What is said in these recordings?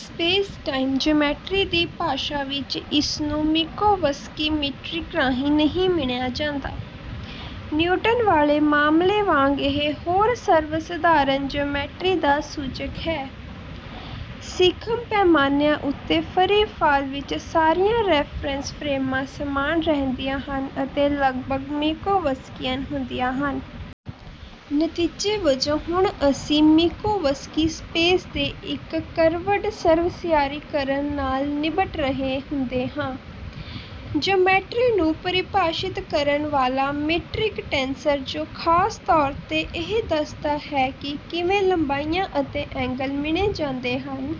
Space-time geometry ਦੀ ਭਾਸ਼ਾ ਵਿੱਚ ਇਸਨੂੰ ਮਿੰਕੋਵਸਕੀ ਮੀਟ੍ਰਿਕ ਰਾਹੀਂ ਨਹੀਂ ਮਿਣਿਆ ਜਾਂਦਾ। ਨਿਊਟਨ ਵਾਲੇ ਮਾਮਲੇ ਵਾਂਗ ਇਹ ਹੋਰ ਸਰਵ ਸਧਾਰਨ ਜੀਓਮੈਟਰੀ ਦਾ ਸੂਚਕ ਹੈ। ਸੀਖਮ ਪੈਮਾਨਿਆਂ ਉੱਤੇ ਫਰੀ ਫਾਲ ਵਿੱਚ ਸਾਰੀਆਂ ਰੈਫਰੈਂਸ ਫਰੇਮਾਂ ਸਮਾਨ ਰਹਿੰਦੀਆਂ ਹਨ ਅਤੇ ਲਗਭਗ ਮਿੰਕੋਵਸਕਿਅਨ ਹੁੰਦੀਆਂ ਹਨ। ਨਤੀਜੇ ਵਜੋਂ ਹੁਣ ਅਸੀਂ ਮਿੰਕੋਵਸਕੀ ਸਪੇਸ ਦੇ ਇੱਕ ਕਰਵਡ ਸਰਵਸਸਿਆਰੀਕਰਨ ਨਾਲ ਨਿਬਟ ਰਹੇ ਹੁੰਦੇ ਹਾਂ। ਜਿਓਮੈਟਰੀ ਨੂੰ ਪਰਿਭਾਸ਼ਿਤ ਕਰਨ ਵਾਲਾ ਮੀਟ੍ਰਿਕ ਟੈਂਸਰ ਜੋ ਖਾਸ ਤੌਰ 'ਤੇ ਇਹ ਦੱਸਦਾ ਹੈ ਕਿ ਕਿਵੇਂ ਲੰਬਾਈਆਂ ਅਤੇ ਐਂਗਲ ਮਿਣੇ ਜਾਂਦੇ ਹਨ,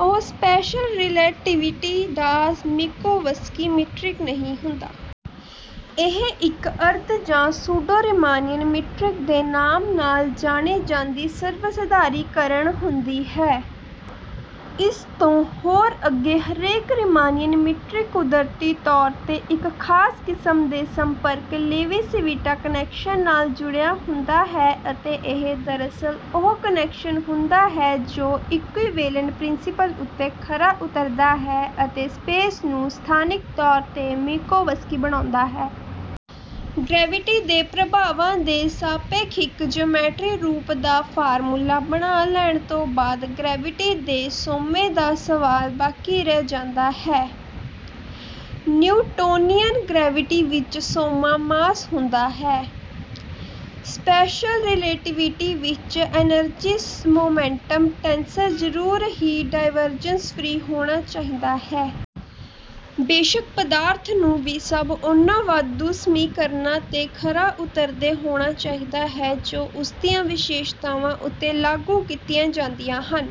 ਉਹ ਸਪੈਸ਼ਲ ਰਿਲੈਟੀਵਿਟੀ ਦਾ ਮਿੰਕੋਵਸਕੀ ਮੀਟ੍ਰਿਕ ਨਹੀਂ ਹੁੰਦਾ। ਇਹ ਇੱਕ ਅਰਧ ਜਾਂ ਸੂਡੋਰੀਮਾਨੀਅਨ ਮੀਟ੍ਰਿਕ ਦੇ ਨਾਮ ਨਾਲ ਜਾਣੀ ਜਾਂਦੀ ਸਰਵਸਧਾਰੀਕਰਨ ਹੁੰਦੀ ਹੈ। ਇਸ ਤੋਂ ਹੋਰ ਅੱਗੇ ਹਰੇਕ ਰੀਮਾਨੀਅਨ ਮੀਟ੍ਰਿਕ ਕੁਦਰਤੀ ਤੌਰ 'ਤੇ ਇੱਕ ਖਾਸ ਕਿਸਮ ਦੇ ਸੰਪਰਕ ਲੇਵੀਸਿਵਿਟਾ ਕਨੈਕਸ਼ਨ ਨਾਲ ਜੁੜਿਆ ਹੁੰਦਾ ਹੈ ਅਤੇ ਇਹ ਦਰਅਸਲ ਉਹ ਕਨੈਕਸ਼ਨ ਹੁੰਦਾ ਹੈ ਜੋ ਇਕੁਈਵੇਲੈਂਸ ਪ੍ਰਿੰਸੀਪਲ ਉੱਤੇ ਖਰਾ ਉਤਰਦਾ ਹੈ ਅਤੇ ਸਪੇਸ ਨੂੰ ਸਥਾਨਿਕ ਤੌਰ 'ਤੇ ਮਿੰਕੋਵਸਕੀ ਬਣਾਉਂਦਾ ਹੈ। ਗਰੈਵਿਟੀ ਦੇ ਪ੍ਰਭਾਵਾਂ ਦੇ ਸਾਪੇਖਿਕ ਜੀਓਮੈਟਰੀ ਰੂਪ ਦਾ ਫਾਰਮੂਲਾ ਬਣਾ ਲੈਣ ਤੋਂ ਬਾਅਦ ਗਰੈਵਿਟੀ ਦੇ ਸੋਮੇ ਦਾ ਸਵਾਲ ਬਾਕੀ ਰਹਿ ਜਾਂਦਾ ਹੈ। ਨਿਊਟੋਨੀਅਨ ਗਰੈਵਿਟੀ ਵਿੱਚ ਸੋਮਾ ਮਾਸ ਹੁੰਦਾ ਹੈ। ਸਪੈਸ਼ਲ ਰਿਲੇਟੀਵਿਟੀ ਵਿੱਚ ਐਨਰਜੀ-ਮੋਮੈਂਟਮ ਟੈਂਸਰ ਜ਼ਰੂਰ ਹੀ ਡਾਇਵਰਜੰਸ-ਫਰੀ ਹੋਣਾ ਚਾਹੀਦਾ ਹੈ। ਬੇਸ਼ੱਕ ਪਦਾਰਥ ਨੂੰ ਵੀ ਸਭ ਉਹਨਾਂ ਵਾਧੂ ਸਮੀਕਰਨਾਂ 'ਤੇ ਖਰਾ ਉਤਰਦੇ ਹੋਣਾ ਚਾਹੀਦਾ ਹੈ ਜੋ ਉਸਦੀਆਂ ਵਿਸ਼ੇਸ਼ਤਾਵਾਂ ਉੱਤੇ ਲਾਗੂ ਕੀਤੀਆਂ ਜਾਂਦੀਆਂ ਹਨ।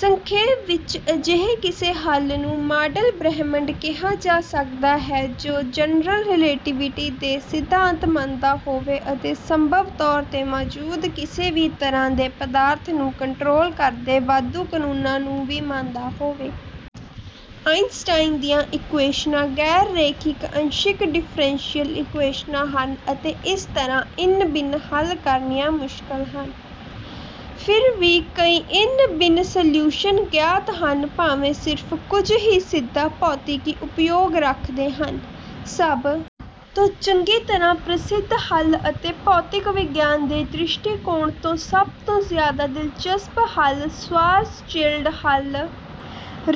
ਸੰਖੇਪ ਵਿੱਚ ਅਜਿਹੇ ਕਿਸੇ ਹੱਲ ਨੂੰ ਮਾਡਲ ਬ੍ਰਹਿਮੰਡ ਕਿਹਾ ਜਾ ਸਕਦਾ ਹੈ ਜੋ ਜਨਰਲ ਰਿਲੇਟੀਵਿਟੀ ਦੇ ਸਿਧਾਂਤ ਮੰਨਦਾ ਹੋਵੇ ਅਤੇ ਸੰਭਵ ਤੌਰ 'ਤੇ ਮੌਜੂਦ ਕਿਸੇ ਵੀ ਤਰ੍ਹਾਂ ਦੇ ਪਦਾਰਥ ਨੂੰ ਕੰਟਰੋਲ ਕਰਦੇ ਵਾਧੂ ਕਨੂੰਨਾਂ ਨੂੰ ਵੀ ਮੰਨਦਾ ਹੋਵੇ। ਆਈਨਸਟਾਈਨ ਦੀਆਂ ਇਕੁਏਸ਼ਨਾਂ ਗੈਰ-ਰੇਖਿਕ ਅੰਸ਼ਿਕ ਡਿੱਫਰੈਂਸ਼ੀਅਲ ਇਕੁਏਸ਼ਨਾਂ ਹਨ ਅਤੇ ਇਸ ਤਰ੍ਹਾਂ ਇੰਨਬਿੰਨ ਹੱਲ ਕਰਨੀਆਂ ਮੁਸ਼ਕਲ ਹਨ। ਫਿਰ ਵੀ ਕਈ ਇੰਨਬਿੰਨ ਸਲਿਊਸ਼ਨ ਗਿਆਤ ਹਨ ਭਾਵੇਂ ਸਿਰਫ ਕੁੱਝ ਹੀ ਸਿੱਧਾ ਭੌਤਿਕੀ ਉਪਯੋਗ ਰੱਖਦੇ ਹਨ। ਸਭ ਤੋਂ ਚੰਗੀ ਤਰ੍ਹਾਂ ਪ੍ਰਸਿੱਧ ਹੱਲ ਅਤੇ ਭੌਤਿਕ ਵਿਗਿਆਨ ਦੇ ਦ੍ਰਿਸ਼ਟੀਕੋਣ ਤੋਂ ਸਭ ਤੋਂ ਜਿਆਦਾ ਦਿਲਚਸਪ ਹੱਲ ਸ਼ਵਾਰਜ਼ਚਿਲਡ ਹੱਲ,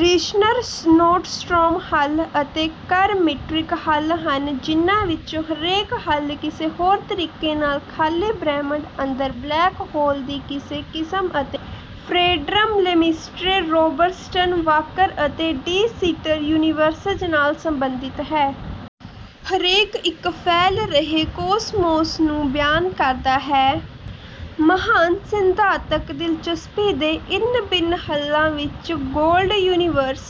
ਰੀਸ਼ਨਰ-ਨੌਰਡਸਟਰੌਮ ਹੱਲ ਅਤੇ ਕੱਰ ਮੀਟ੍ਰਿਕ ਹੱਲ ਹਨ ਜਿਹਨਾਂ ਵਿੱਚੋਂ ਹਰੇਕ ਹੱਲ ਕਿਸੇ ਹੋਰ ਤਰੀਕੇ ਨਾਲ ਖਾਲੀ ਬ੍ਰਹਿਮੰਡ ਅੰਦਰ ਬਲੈਕ ਹੋਲ ਦੀ ਕਿਸੇ ਕਿਸਮ ਅਤੇ ਫਰੇਡਮਨ-ਲੇਮਿਟਰੇ-ਰੌਬਰਸਟਨ-ਵਾਕਰ ਅਤੇ ਡਿ ਸਿੱਟਰ ਯੂਨੀਵਰਸਜ਼ ਨਾਲ ਸਬੰਧਿਤ ਹੈ। ਹਰੇਕ ਇੱਕ ਫੈਲ ਰਹੇ ਕੌਸਮੌਸ ਨੂੰ ਬਿਆਨ ਕਰਦਾ ਹੈ। ਮਹਾਨ ਸਿਧਾਂਤਕ ਦਿਲਚਸਪੀ ਦੇ ਇੰਨਬਿੰਨ ਹੱਲਾਂ ਵਿੱਚ ਗੋਡਲ ਯੂਨੀਵਰਸ,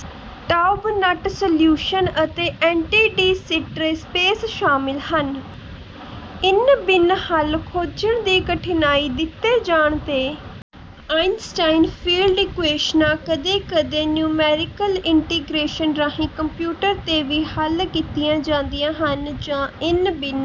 ਟਾਓਬ-ਨੱਟ ਸਲਿਊਸ਼ਨ ਅਤੇ ਐਂਟੀ-ਡੀ-ਸਿੱਟਰੇ ਸਪੇਸ ਸ਼ਾਮਿਲ ਹਨ। ਇੰਨਬਿੰਨ ਹੱਲ ਖੋਜਣ ਦੀ ਕਠਿਨਾਈ ਦਿੱਤੇ ਜਾਣ 'ਤੇ ਆਈਨਸਟਾਈਨ ਫੀਲਡ ਇਕੁਏਸ਼ਨਾਂ ਕਦੇ-ਕਦੇ ਨਿਉਮੈਰੀਕਲ ਇੰਟੀਗਰੇਸ਼ਨ ਰਾਹੀਂ ਕੰਪਿਊਟਰ 'ਤੇ ਵੀ ਹੱਲ ਕੀਤੀਆਂ ਜਾਂਦੀਆਂ ਹਨ ਜਾਂ ਇੰਨਬਿੰਨ